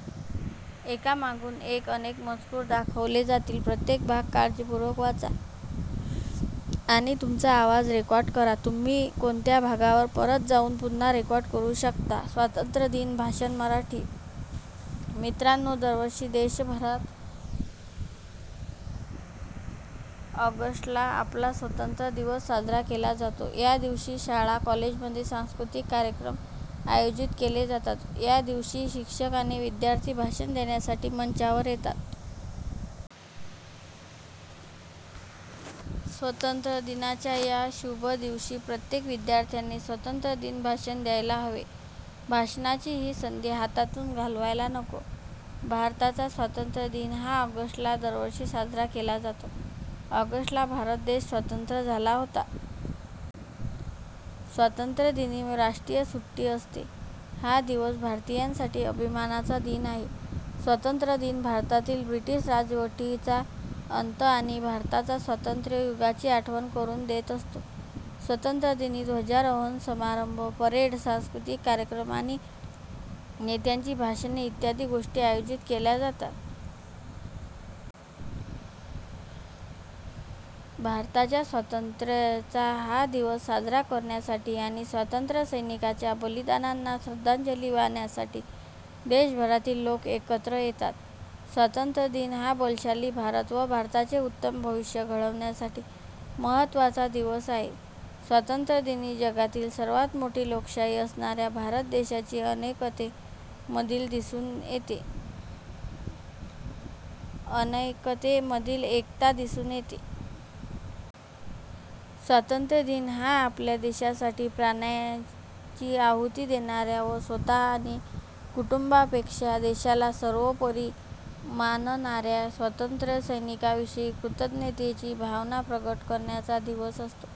स्वातंत्र्य दिन भाषण मराठी -: मित्रांनो दरवर्षी देशभरात ऑगस्ट ला आपला स्वतंत्र दिवस साजरा केला जातो. या दिवशी शाळा कॉलेजमध्ये सांस्कृतिक कार्यक्रम आयोजित केले जातात. या दिवशी शिक्षक आणि विद्यार्थी भाषण देण्यासाठी मंचावर येतात. स्वतंत्र दिनाच्या या शुभ दिवशी प्रत्येक विद्यार्थ्याने स्वातंत्र्य दिन भाषण द्यायला हवे. भाषणाची ही संधी हातातून घालवायला नको. भारताचा स्वातंत्र्य दिन हा ऑगस्ट ला दरवर्षी साजरा केला जातो. ऑगस्ट ला भारत देश स्वातंत्र्य झाला होता. स्वातंत्र्यदिनी राष्ट्रीय सुट्टी असते, हा दिवस भारतीयांसाठी अभिमानाचा दिन आहे. स्वातंत्र्य दिन भारतातील ब्रिटिश राजवटीचा अंत आणि भारताच्या स्वातंत्र्य युगाची आठवण करून देत असतो. स्वतंत्रदिनी ध्वजारोहण समारंभ, परेड, सांस्कृतिक कार्यक्रम आणि नेत्यांची भाषणे इत्यादी गोष्टी आयोजित केल्या जातात. भारताच्या स्वातंत्र्याचा हा दिवस साजरा करण्यासाठी आणि स्वातंत्र्यसैनिकांच्या बलिदानांना श्रद्धांजली वाहण्यासाठी देशभरातील लोक एकत्र येतात. स्वातंत्र्य दिन हा बलशाली भारत व भारताचे उत्तम भविष्य घडवण्यासाठी महत्त्वाचा दिवस आहे. स्वातंत्र्यदिनी जगातील सर्वात मोठी लोकशाही असणाऱ्या भारत देशाची अनेकते मधील एकता दिसून येते. स्वातंत्र्य दिन हा आपल्या देशासाठी प्राण्यांची आहुती देणाऱ्या व स्वतः आणि कुटुंबापेक्षा देशाला सर्वोपरी मानणाऱ्या स्वतंत्र सैनिकांविषयी कृतज्ञतेची भावना प्रकट करण्याचा दिवस असतो.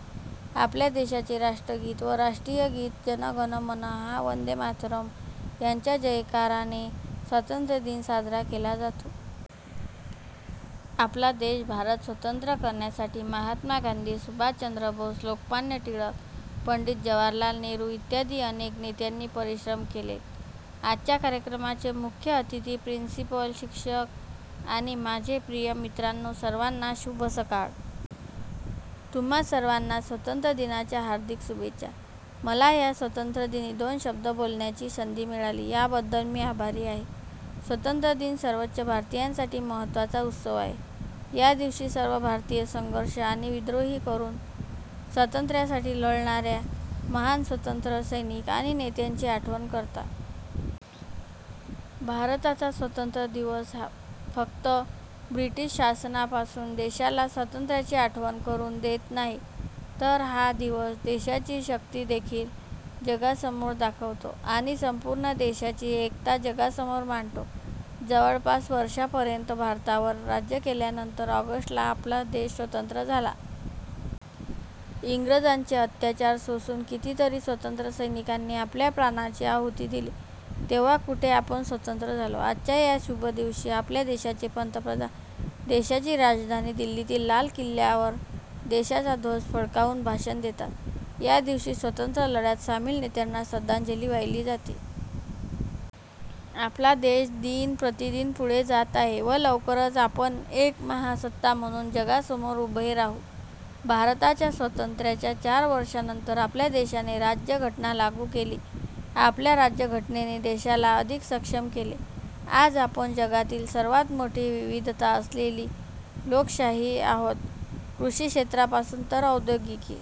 आपल्या देशाचे राष्ट्रगीत व राष्ट्रीय गीत, जनगणमन हा वंदे मातरम यांच्या जयकाराने स्वातंत्र्य दिन साजरा केला जातो. आपला देश भारत स्वतंत्र करण्यासाठी महात्मा गांधी, सुभाष चंद्र बॉस, लोकमान्य टिळक, पंडित जवाहरलाल नेहरू इत्यादि अनेक नेत्यांनी परिश्रम केलेत. आजच्या कार्यक्रमाचे मुख्य अतिथी, प्रिन्सिपल, शिक्षक आणि माझ्या प्रिय मित्रांनो सर्वांना शुभ सकाळ. तुम्हा सर्वांना स्वतंत्र दिनाच्या हार्दिक शुभेच्छा. मला या स्वतंत्र दिनी दोन शब्द बोलण्याची संधी मिळाली या बद्दल मी आभारी आहे. स्वतंत्र दिन सर्वच भारतीयांसाठी महत्त्वाचा उत्सव आहे. या दिवशी सर्व भारतीय संघर्ष आणि विद्रोह करून स्वातंत्र्यासाठी लढणाऱ्या महान स्वतंत्र सैनिक आणि नेत्याची आठवण करतात. भारताचा स्वतंत्र दिवस फक्त ब्रिटिश शासना पासून देशाला स्वातंत्र्याची आठवण करून देत नाही, तर हा दिवस देशाची शक्ती देखील जगासमोर दाखवतो. आणि संपूर्ण देशाची एकता जगासमोर मांडतो. जवळपास वर्षापर्यंत भारतावर राज्य केल्यानंतर ऑगस्ट ला आपला देश स्वतंत्र झाला. इंग्रजांचे अत्याचार सोसून कितीतरी स्वतंत्र सैनिकांनी आपल्या प्राणांची आहुती दिली. तेव्हा कुठे आपण स्वतंत्र झालो. आजच्या या शुभ दिवशी आपल्या देशाचे पंतप्रधान देशाची राजधानी दिल्लीतील लाल किल्ल्यावर देशाचा ध्वज फडकावून भाषण देतात. या दिवशी स्वतंत्र लढ्यात सामील नेत्यांना श्रद्धांजली वाहिली जाते. आपला देश दिन प्रतिदिन पुढे जात आहे. व लवकरच आपण एक महासत्ता म्हणून जगासमोर उभे राहू. भारताच्या स्वातंत्र्याच्या चार वर्षानंतर आपल्या देशाने राज्यघटना लागू केली. आपल्या राज्यघटनेने देशाला अधिक सक्षम केले. आज आपण जगातील सर्वात मोठी विविधता असलेली लोकशाही आहोत. कृषी क्षेत्रापासून तर औद्योगिकी